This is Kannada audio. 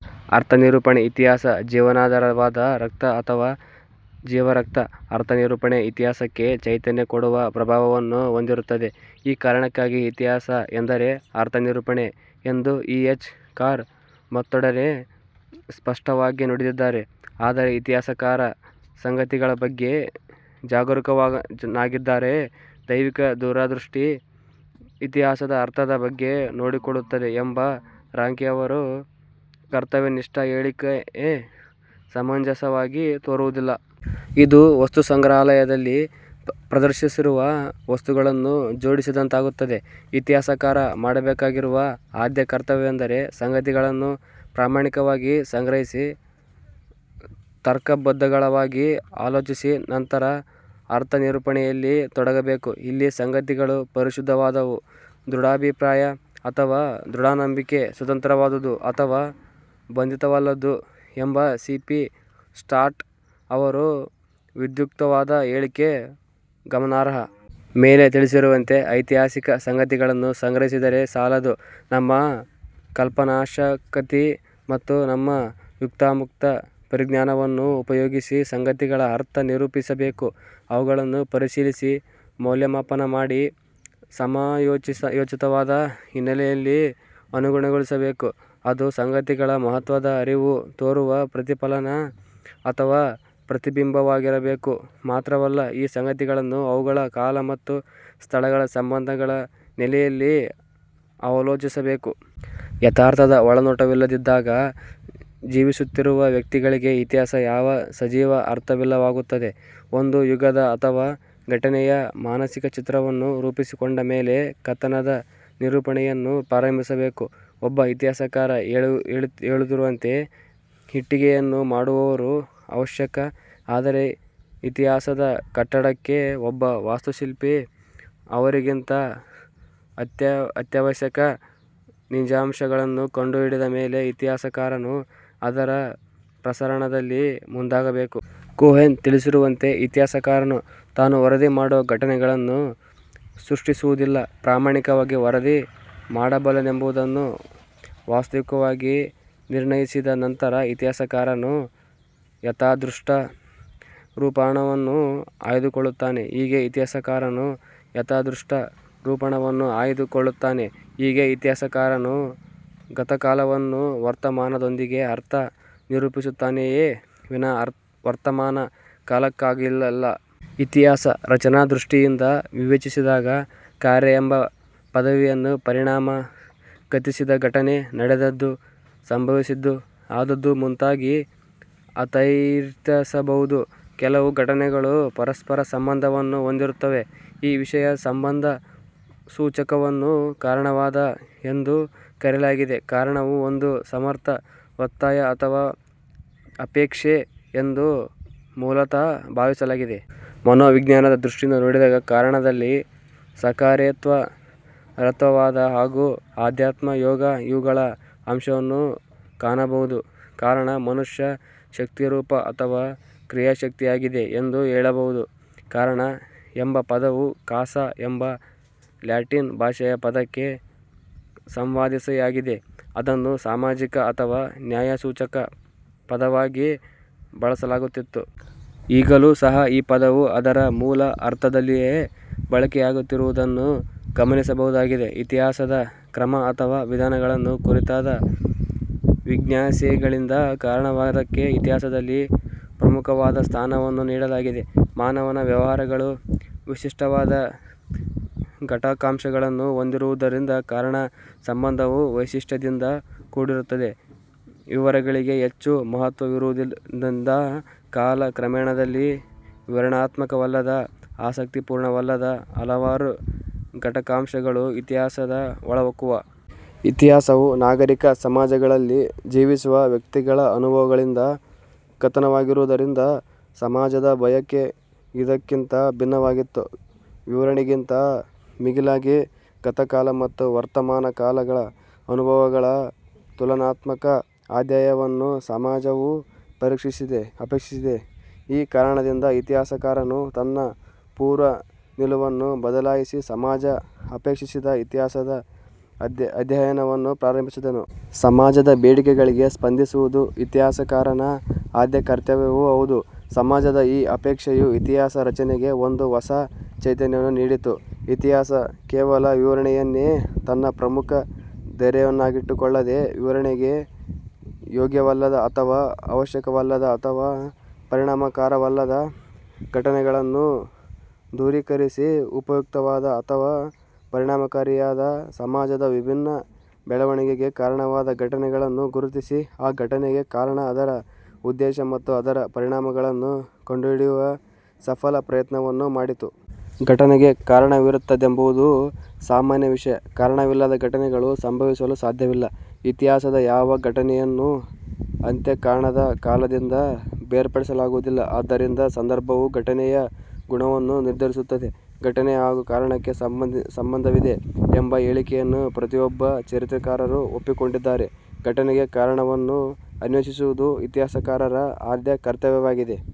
ಅರ್ಥನಿರೂಪಣೆ ಇತಿಹಾಸದ ಜೀವನಾಧಾರವಾದ ರಕ್ತ ಅಥವಾ ಜೀವರಕ್ತ. ಅರ್ಥನಿರೂಪಣೆ ಇತಿಹಾಸಕ್ಕೆ ಚೈತನ್ಯ ಕೊಡುವ ಪ್ರಭಾವವನ್ನು ಹೊಂದಿರುತ್ತದೆ. ಈ ಕಾರಣಕ್ಕಾಗಿ ಇತಿಹಾಸ ಎಂದರೆ ಅರ್ಥನಿರೂಪಣೆ ಎಂದು ಇ. ಎಚ್. ಕಾರ್ ಮತ್ತೊಂದೆಡೆ ಸ್ಪಷ್ಟವಾಗಿ ನುಡಿದಿದ್ದಾರೆ. ಆದರೆ ಇತಿಹಾಸಕಾರ ಸಂಗತಿಗಳಬಗ್ಗೆ ಜಾಗರೂಕನಾಗಿದ್ದರೆ ದೈವಿಕ ದೂರದೃಷ್ಟಿ ಇತಿಹಾಸದ ಅರ್ಥದ ಬಗ್ಗೆ ನೋಡಿಕೊಳ್ಳುತ್ತದೆ ಎಂಬ ರಾಂಕೆಯವರ ಕರ್ತವ್ಯನಿಷ್ಠ ಹೇಳಿಕೆ ಸಮಂಜಸವಾಗಿ ತೋರುವುದಿಲ್ಲ. ಇದು ವಸ್ತುಸಂಗ್ರಹಾಲಯದಲ್ಲಿ ಪ್ರದರ್ಶಿಸಿರುವ ವಸ್ತುಗಳನ್ನು ಜೋಡಿಸದಂತಾಗುತ್ತದೆ. ಇತಿಹಾಸಕಾರ ಮಾಡಬೇಕಾಗಿರುವ ಆದ್ಯ ಕರ್ತವ್ಯವೆಂದರೆ ಸಂಗತಿಗಳನ್ನು ಪ್ರಾಮಾಣಿಕವಾಗಿ ಸಂಗ್ರಹಿಸಿ, ತರ್ಕಬದ್ಧವಾಗಿ ಆಲೋಚಿಸಿ, ನಂತರ ಅರ್ಥನಿರೂಪಣೆಯಲ್ಲಿ ತೊಡಗಬೇಕು. ಇಲ್ಲಿ ಸಂಗತಿಗಳು ಪರಿಶುದ್ಧವಾದವು, ದೃಢಾಭಿಪ್ರಾಯ ಅಥವಾ ದೃಢನಂಬಿಕೆ ಸ್ವತಂತ್ರವಾದುದು ಅಥವಾ ಬಂಧಿತವಲ್ಲದ್ದು ಎಂಬ ಸಿ. ಪಿ. ಸ್ಕಾಟ್ ಅವರ ವಿಧ್ಯುಕ್ತವಾದ ಹೇಳಿಕೆ ಗಮನಾರ್ಹ. ಮೇಲೆ ತಿಳಿಸಿರುವಂತೆ ಐತಿಹಾಸಿಕ ಸಂಗತಿಗಳನ್ನು ಸಂಗ್ರಹಿಸಿದರೆ ಸಾಲದು. ನಮ್ಮ ಕಲ್ಪನಾಶಕತಿ ಮತ್ತು ನಮ್ಮ ಯುಕ್ತಾಯುಕ್ತ ಪರಿಜ್ಞಾನವನ್ನು ಉಪಯೋಗಿಸಿ ಸಂಗತಿಗಳ ಅರ್ಥ ನಿರೂಪಿಸಬೇಕು. ಅವುಗಳನ್ನು ಪರಿಶೀಲಿಸಿ, ಮೌಲ್ಯಮಾಪನ ಮಾಡಿ, ಸಮಯೋಚಿತ ವಾದ ಹಿನ್ನೆಲೆಯಲ್ಲಿ ಅನುಗೊಳಿಸಬೇಕು. ಅದು ಸಂಗತಿಗಳ ಮಹತ್ವದ ಅರಿವು ತೋರುವ ಪ್ರತಿಫಲನ ಅಥವಾ ಪ್ರತಿಬಿಂಬವಾಗಿರಬೇಕು. ಮಾತ್ರವಲ್ಲ, ಈ ಸಂಗತಿಗಳನ್ನು ಅವುಗಳ ಕಾಲ ಮತ್ತು ಸ್ಥಳಗಳ ಸಂಬಂಧಗಳ ನೆಲೆಯಲ್ಲಿ ಅವಲೋಕಿಸಬೇಕು. ಯಥಾರ್ಥದ ಒಳನೋಟವಿಲ್ಲದಿದ್ದಾಗ ಜೀವಿಸುತ್ತಿರುವ ವ್ಯಕ್ತಿಗಳಿಗೆ ಇತಿಹಾಸ ಯಾವ ಸಜೀವ ಅರ್ಥವಿಲ್ಲವಾಗುತ್ತದೆ. ಒಂದು ಯುಗದ ಅಥವಾ ಘಟನೆಯ ಮಾನಸಿಕ ಚಿತ್ರವನ್ನು ರೂಪಿಸಿಕೊಂಡ ಮೇಲೆ ಕಥನದ ನಿರೂಪಣೆಯನ್ನು ಪ್ರಾರಂಭಿಸಬೇಕು. ಒಬ್ಬ ಇತಿಹಾಸಕಾರ ಹೇಳಿರುವಂತೆ ಇಟ್ಟಿಗೆಯನ್ನು ಮಾಡುವವರು ಅವಶ್ಯಕ, ಆದರೆ ಇತಿಹಾಸದ ಕಟ್ಟಡಕ್ಕೆ ಒಬ್ಬ ವಾಸ್ತುಶಿಲ್ಪಿ ಅವರಿಗಿಂತ ಅತ್ಯಾವಶ್ಯಕ. ನಿಜಾಂಶಗಳನ್ನು ಕಂಡುಹಿಡಿದ ಮೇಲೆ ಇತಿಹಾಸಕಾರನು ಅದರ ಪ್ರಸರಣದಲ್ಲಿ ಮುಂದಾಗಬೇಕು. ಕೋಹೆನ್ ತಿಳಿಸಿರುವಂತೆ, ಇತಿಹಾಸಕಾರನು ತಾನು ವರದಿ ಮಾಡುವ ಘಟನೆಗಳನ್ನು ಸೃಷ್ಟಿಸುವುದಿಲ್ಲ. ಪ್ರಾಮಾಣಿಕವಾಗಿ ವರದಿ ಮಾಡಬಲ್ಲನೆಂಬುದನ್ನು ವಾಸ್ತವಿಕವಾಗಿ ನಿರ್ಣಯಿಸಿದ ನಂತರ ಇತಿಹಾಸಕಾರನು ಯಥಾದೃಷ್ಟ ರೂಪಣವನ್ನು ಆಯ್ದುಕೊಳ್ಳುತ್ತಾನೆ. ಹೀಗೆ ಇತಿಹಾಸಕಾರನು ಯಥಾದೃಷ್ಟ ರೂಪಣವನ್ನು ಆಯ್ದು ಕೊಳ್ಳುತ್ತಾನೆ. ಹೀಗೆ ಇತಿಹಾಸಕಾರನು ಗತಕಾಲವನ್ನು ವರ್ತಮಾನದೊಂದಿಗೆ ಅರ್ಥ ನಿರೂಪಿಸುತ್ತಾನೆಯೇ ವಿನಾ ವರ್ತಮಾನ ಕಾಲಕ್ಕಾಗಿಯಲ್ಲ. ಇತಿಹಾಸ ರಚನಾದೃಷ್ಟಿಯಿಂದ ವಿವೇಚಿಸಿದಾಗ ಕಾರ್ಯ ಎಂಬ ಪದವಿಯನ್ನು ಪರಿಣಾಮ, ಗತಿಸಿದ ಘಟನೆ, ನಡೆದದ್ದು, ಸಂಭವಿಸಿದ್ದು, ಆದುದು ಮುಂತಾಗಿ ಆರ್ಥೈಸಬಹುದು. ಕೆಲವು ಘಟನೆಗಳು ಪರಸ್ಪರ ಸಂಬಂಧವನ್ನು ಹೊಂದಿರುತ್ತವೆ. ಈ ವಿಶೇಷ ಸಂಬಂಧ ಸೂಚಕವನ್ನು ಕಾರಣವಾದ ಎಂದು ಕರೆಯಲಾಗಿದೆ. ಕಾರಣವು ಒಂದು ಸಮರ್ಥ ಒತ್ತಾಯ ಅಥವಾ ಅಪೇಕ್ಷೆ ಎಂದು ಮೂಲತಃ ಭಾವಿಸಲಾಗಿದೆ. ಮನೋವಿಜ್ಞಾನದ ದೃಷ್ಟಿಯಿಂದ ನೋಡಿದಾಗ ಕಾರಣದಲ್ಲಿ ಸಕಾರೇತ್ವರತ್ವವಾದ ಹಾಗೂ ಅಧ್ಯಾತ್ಮ ಯೋಗ ಇವುಗಳ ಅಂಶವನ್ನು ಕಾನಬಹುದು. ಕಾರಣ, ಮನುಷ್ಯ ಶಕ್ತಿರೂಪ ಅಥವ ಕ್ರಿಯಾಶಕ್ತಿಯಾಗಿದೆ ಎಂದು ಹೇಳಬಹುದು. "ಕಾರಣ" ಎಂಬ ಪದವು "ಕಾಸ" ಎಂಬ ಲ್ಯಾಟಿನ್ ಭಾಷೆಯ ಪದಕ್ಕೆ ಸಂವಾದಿಯಾಗಿದೆ. ಅದನ್ನು ಸಾಮಾಜಿಕ ಅಥವಾ ನ್ಯಾಯಸೂಚಕ ಪದವಾಗಿ ಬಳಸಲಾಗುತ್ತಿತ್ತು. ಈಗಲೂ ಸಹ ಈ ಪದವು ಅದರ ಮೂಲ ಅರ್ಥದಲ್ಲಿಯೇ ಬಳಕೆಯಾಗುತ್ತಿರುವುದನ್ನು ಗಮನಿಸಬಹುದಾಗಿದೆ. ಇತಿಹಾಸದ ಕ್ರಮ ಅಥವ ವಿಧಾನಗಳನ್ನು ಕುರಿತಾದ ಜಿಜ್ಞಾಸೆಗಳಿಂದ ಕಾರಣವಾದಕ್ಕೆ ಇತಿಹಾಸದಲ್ಲಿ ಪ್ರಮುಖವಾದ ಸ್ಥಾನವನ್ನು ನೀಡಲಾಗಿದೆ. ಮಾನವನ ವ್ಯವಹಾರಗಳು ವಿಶಿಷ್ಟವಾದ ಘಟಕಾಂಶಗಳನ್ನು ಹೊಂದಿರುವುದರಿಂದ ಕಾರಣ ಸಂಬಂಧವೂ ವೈಶಿಷ್ಟ್ಯದಿಂದ ಕೂಡಿರುತ್ತದೆ. ವಿವರಗಳಿಗೆ ಹೆಚ್ಚು ಮಹತ್ವವಿರುವುದರಿಂದ, ಕಾಲ ಕ್ರಮೇಣದಲ್ಲಿ ವಿವರಣಾತ್ಮಕವಲ್ಲದ, ಆಸಕ್ತಪೂರ್ಣವಲ್ಲದ ಹಲವಾರು ಘಟಕಾಂಶಗಳು ಇತಿಹಾಸದ ಒಳಹೊಕ್ಕವು. ಇತಿಹಾಸವು ನಾಗರಿಕ ಸಮಾಜಗಳಲ್ಲಿ ಜೀವಿಸುವ ವ್ಯಕ್ತಿಗಳ ಅನುಭವಗಳಿಂದ ಕಥನವಾಗಿರುವುದರಿಂದ, ಸಮಾಜದ ಬಯಕೆ ಇದಕ್ಕಿಂತ ಭಿನ್ನವಾಗಿತ್ತು. ವಿವರಣೆಗಿಂತ ಮಿಗಿಲಾಗಿ, ಗತಕಾಲ ಮತ್ತು ವರ್ತಮಾನ ಕಾಲಗಳ ಅನುಭವಗಳ ತುಲನಾತ್ಮಕ ಅಧ್ಯಯನವನ್ನು ಸಮಾಜವು ಅಪೇಕ್ಷಿಸಿತು. ಈ ಕಾರಣದಿಂದ ಇತಿಹಾಸಕಾರನು ತನ್ನ ಪೂರ್ವ ನಿಲುವನ್ನು ಬದಲಾಯಿಸಿ ಸಮಾಜ ಅಪೇಕ್ಷಿಸಿದ ಇತಿಹಾಸದ ಅಧ್ಯಯನವನ್ನು ಪ್ರಾರಂಭಿಸಿದನು. ಸಮಾಜದ ಬೇಡಿಕೆಗಳಿಗೆ ಸ್ಪಂದಿಸುವುದು ಇತಿಹಾಸಕಾರನ ಆದ್ಯ ಕರ್ತವ್ಯವೂ ಹೌದು. ಸಮಾಜದ ಈ ಅಪೇಕ್ಷೆಯು ಇತಿಹಾಸ ರಚನೆಗೆ ಒಂದು ಹೊಸ ಚೈತನ್ಯವನ್ನು ನೀಡಿತು. ಇತಿಹಾಸ ಕೇವಲ ವಿವರಣೆಯನ್ನೇ ತನ್ನ ಪ್ರಮುಖ ಧ್ಯೇಯವನ್ನಾಗಿಟ್ಟುಕೊಳ್ಳದೆ, ವಿವರಣೆಗೆ ಯೋಗ್ಯವಲ್ಲದ, ಅಥವ ಅವಶ್ಯಕವಲ್ಲದ ಅಥವ ಪರಿಣಾಮಕಾರವಲ್ಲದ ಘಟನೆಗಳನ್ನು ದೂರೀಕರಿಸಿ, ಉಪಯುಕ್ತವಾದ ಅಥವ ಪರಿಣಾಮಕಾರಿಯಾದ, ಸಮಾಜದ ವಿಭಿನ್ನ ಬೆಳವಣಿಗೆಗೆ ಕಾರಣವಾದ ಘಟನೆಗಳನ್ನು ಗುರುತಿಸಿ, ಆ ಘಟನೆಗೆ ಕಾರಣ, ಅದರ ಉದ್ದೇಶ ಮತ್ತು ಅದರ ಪರಿಣಾಮಗಳನ್ನು ಕಂಡುಹಿಡಿಯುವ ಸಫಲ ಪ್ರಯತ್ನವನ್ನು ಮಾಡಿತು. ಘಟನೆಗೆ ಕಾರಣವಿರುತ್ತದೆಂಬುದು ಸಾಮಾನ್ಯ ವಿಷಯ. ಕಾರಣವಿಲ್ಲದ ಘಟನೆಗಳು ಸಂಭವಿಸಲು ಸಾಧ್ಯವಿಲ್ಲ. ಇತಿಹಾಸದ ಯಾವ ಘಟನೆಯನ್ನೂ ಅಂತ್ಯ ಕಾಣದ ಕಾಲದಿಂದ ಬೇರ್ಪಡಿಸಲಾಗುವುದಿಲ್ಲ. ಆದ್ದರಿಂದ ಸಂದರ್ಭವು ಘಟನೆಯ ಗುಣವನ್ನು ನಿರ್ದರಿಸುತ್ತದೆ. ಘಟನೆ ಹಾಗೂ ಕಾರಣಕ್ಕೆ ಸಂಬಂಧವಿದೆ ಎಂಬ ಹೇಳಿಕೆಯನ್ನು ಪ್ರತಿಯೊಬ್ಬ ಚರಿತ್ರೆಕಾರರೂ ಒಪ್ಪಿಕೊಂಡಿದ್ದಾರೆ. ಘಟನೆಗೆ ಕಾರಣವನ್ನು ಅನ್ವೇಷಿಸುವುದು ಇತಿಹಾಸಕಾರರ ಆದ್ಯ ಕರ್ತವ್ಯವಾಗಿದೆ.